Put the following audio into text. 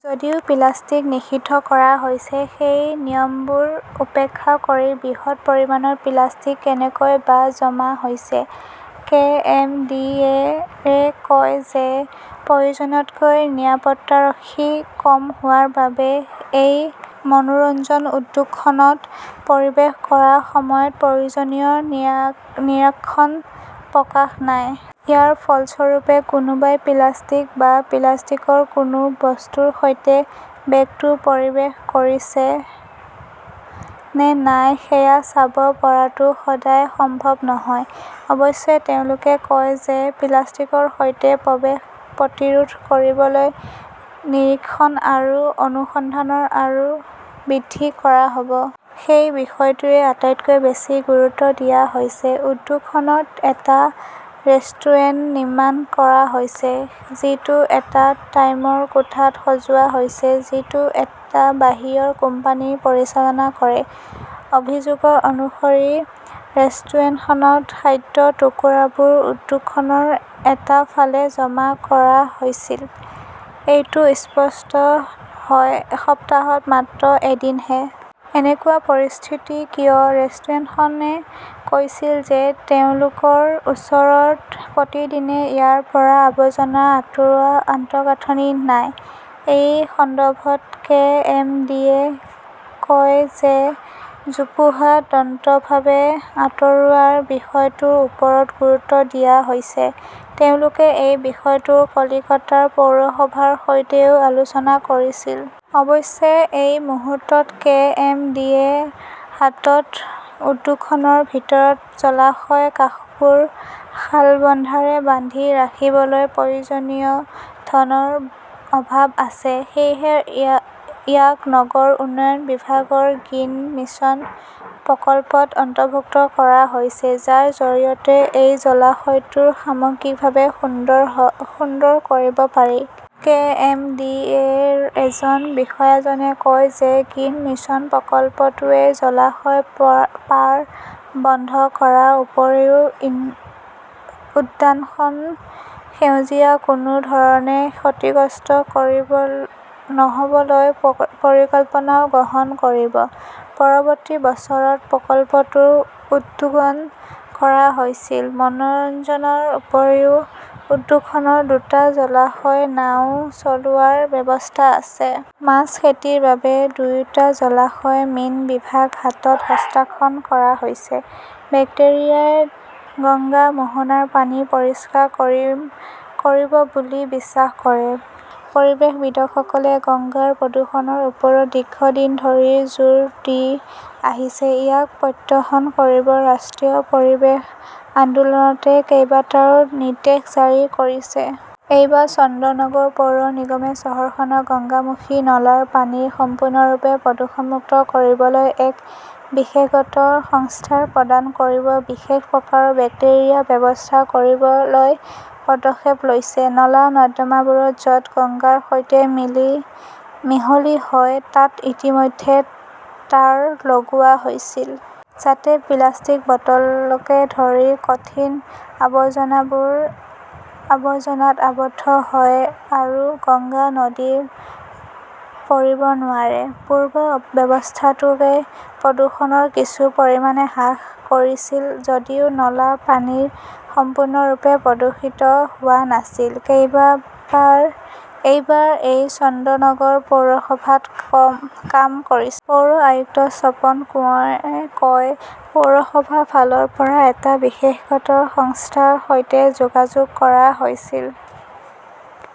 যদিও প্লাষ্টিক নিষিদ্ধ কৰা হৈছে, সেই নিয়মবোৰ উপেক্ষা কৰি বৃহৎ পৰিমাণৰ প্লাষ্টিক কেনেকৈ বা জমা হৈছে? কে. এম. ডি. এ. -য়ে কয় যে প্ৰয়োজনতকৈ নিৰাপত্তাৰক্ষী কম হোৱাৰ বাবে সেই মনোৰঞ্জন উদ্যানখনত প্ৰৱেশ কৰাৰ সময়ত প্ৰয়োজনীয় নিৰীক্ষণৰ প্ৰকাৰ নাই। ইয়াৰ ফলস্বৰূপে, কোনোবাই প্লাষ্টিক বা প্লাষ্টিকৰ কোনো বস্তুৰ সৈতে বেগটোত প্ৰৱেশ কৰিছে নে নাই সেয়া চাব পৰাটো সদায় সম্ভৱ নহয়। অৱশ্যে তেওঁলোকে কয় যে প্লাষ্টিকৰ সৈতে প্ৰৱেশ প্ৰতিৰোধ কৰিবলৈ নিৰীক্ষণ আৰু অনুসন্ধান আৰু বৃদ্ধি কৰা হ 'ব। সেই বিষয়টোৱেই আটাইতকৈ বেছি গুৰুত্ব দিয়া হৈছে। উদ্যানখনত এটা ৰেষ্টুৰেণ্ট নিৰ্মাণ কৰা হৈছে ,যিটো এটা ট্ৰামৰ কোঠাত সজোৱা হৈছে, যিটো এটা বাহিৰৰ কোম্পানীয়ে পৰিচালনা কৰে। অভিযোগ অনুসৰি ৰেষ্টুৰেণ্টখনৰ খাদ্যৰ টুকুৰাবোৰ উদ্যানখনৰ এটা ফালে জমা কৰা হৈছিল ,এইটো স্পষ্ট হয় সপ্তাহত মাত্ৰ এদিনহে। এনেকুৱা পৰিস্থিতি কিয়? ৰেষ্টুৰেণ্টখনে কৈছিল যে তেওঁলোকৰ ওচৰত প্ৰতিদিনে ইয়াৰ পৰা আৱৰ্জনা আঁতৰোৱাৰ আন্তঃগাঁথনি নাই। এই সন্দৰ্ভত কে. এম. ডি. এ. -য়ে কয় যে জোপোহা দ্ৰুতভাৱে আঁতৰোৱাৰ বিষয়টোৰ ওপৰত গুৰুত্ব দিয়া হৈছে। তেওঁলোকে এই বিষয়টো কলকাতা পৌৰসভাৰ সৈতেও আলোচনা কৰিছিল। অৱশ্যে এই মুহূৰ্তত কে. এম. ডি. এ. -ৰ হাতত উদ্যানখনৰ ভিতৰৰ জলাশয়ৰ কাষবোৰ শালবল্লাৰে বান্ধি ৰাখিবলৈ প্ৰয়োজনীয় ধনৰ অভাৱ আছে। সেয়েহে ইয়াক নগৰ উন্নয়ন বিভাগৰ গ্ৰীণ মিছন প্ৰকল্পত অন্তৰ্ভুক্ত কৰা হৈছে, যাৰ জৰিয়তে এই জলাশয়টো সামগ্ৰিকভাৱে সুন্দৰ কৰিব পাৰি। কে. এম. ডি. এ. -ৰ এজন বিষয়াজনে কয় যে গ্ৰীণ মিছন প্ৰকল্পটোৱে জলাশয়ৰ পাৰ বন্ধ কৰাৰ উপৰিও উদ্যানখনৰ সেউজীয়া কোনো ধৰণে ক্ষতিগ্ৰস্ত নহ'বলৈ পৰিকল্পনাও গ্ৰহণ কৰিব। পৰৱৰ্তী বছৰত প্ৰকল্পটো উদ্বোধন কৰা হৈছিল। মনোৰঞ্জনৰ উপৰিও উদ্যানখনৰ দুটা জলাশয়ত নাওঁ চলোৱাৰ ব্যৱস্থা আছে। মাছ খেতিৰ বাবে দুয়োটা জলাশয় মীন বিভাগৰ হাতত হস্তান্তৰ কৰা হৈছে। বেক্টেৰিয়াই গংগাৰ মোহনাৰ পানী পৰিষ্কাৰ কৰিব বুলি বিশ্বাস কৰে পৰিৱেশবিদসকলে গংগাৰ প্ৰদূষণৰ ওপৰত দীৰ্ঘদিন ধৰি জোৰ দি আহিছে। ইয়াক প্ৰতিহত কৰিবলৈ ৰাষ্ট্ৰীয় পৰিৱেশ আদালতে কেইবাটাও নিৰ্দেশ জাৰি কৰিছে। এইবাৰ, চন্দননগৰ পৌৰ নিগমে চহৰখনৰ গংগামুখী নলাৰ পানী সম্পূৰ্ণৰূপে প্ৰদূষণমুক্ত কৰিবলৈ এক বিশেষজ্ঞ সংস্থাক প্ৰদান কৰি বিশেষ প্ৰকাৰৰ বেক্টেৰিয়া ব্যৱহাৰ কৰিবলৈ পদক্ষেপ লৈছে। নলা-নৰ্দমাবোৰ য 'ত গংগাৰ সৈতে মিহলি হয় তাত ইতিমধ্যে তাঁৰ লগোৱা হৈছিল। যাতে প্লাষ্টিক, বটলকে ধৰি কঠিন আৱৰ্জনাবোৰ আৱৰ্জনাত আবদ্ধ হৈ আৰু গংগা নদীত পৰিব নোৱাৰে। পূৰ্বৰ ব্যৱস্থাটোৱে প্ৰদূষণ কিছু পৰিমাণে হ্ৰাস কৰিছিল যদিও নলাৰ পানী সম্পূৰ্ণৰূপে প্ৰদূষিত হোৱা নাছিল। এইবাৰ তেওঁ চন্দননগৰ পৌৰসভাত কাম কৰিছিল। পৌৰ আয়ুক্ত স্বপন কুণ্ডুৱে কয়, পৌৰসভাৰ ফালৰ পৰা এটা বিশেষজ্ঞ সংস্থাৰ সৈতে যোগাযোগ কৰা হৈছিল।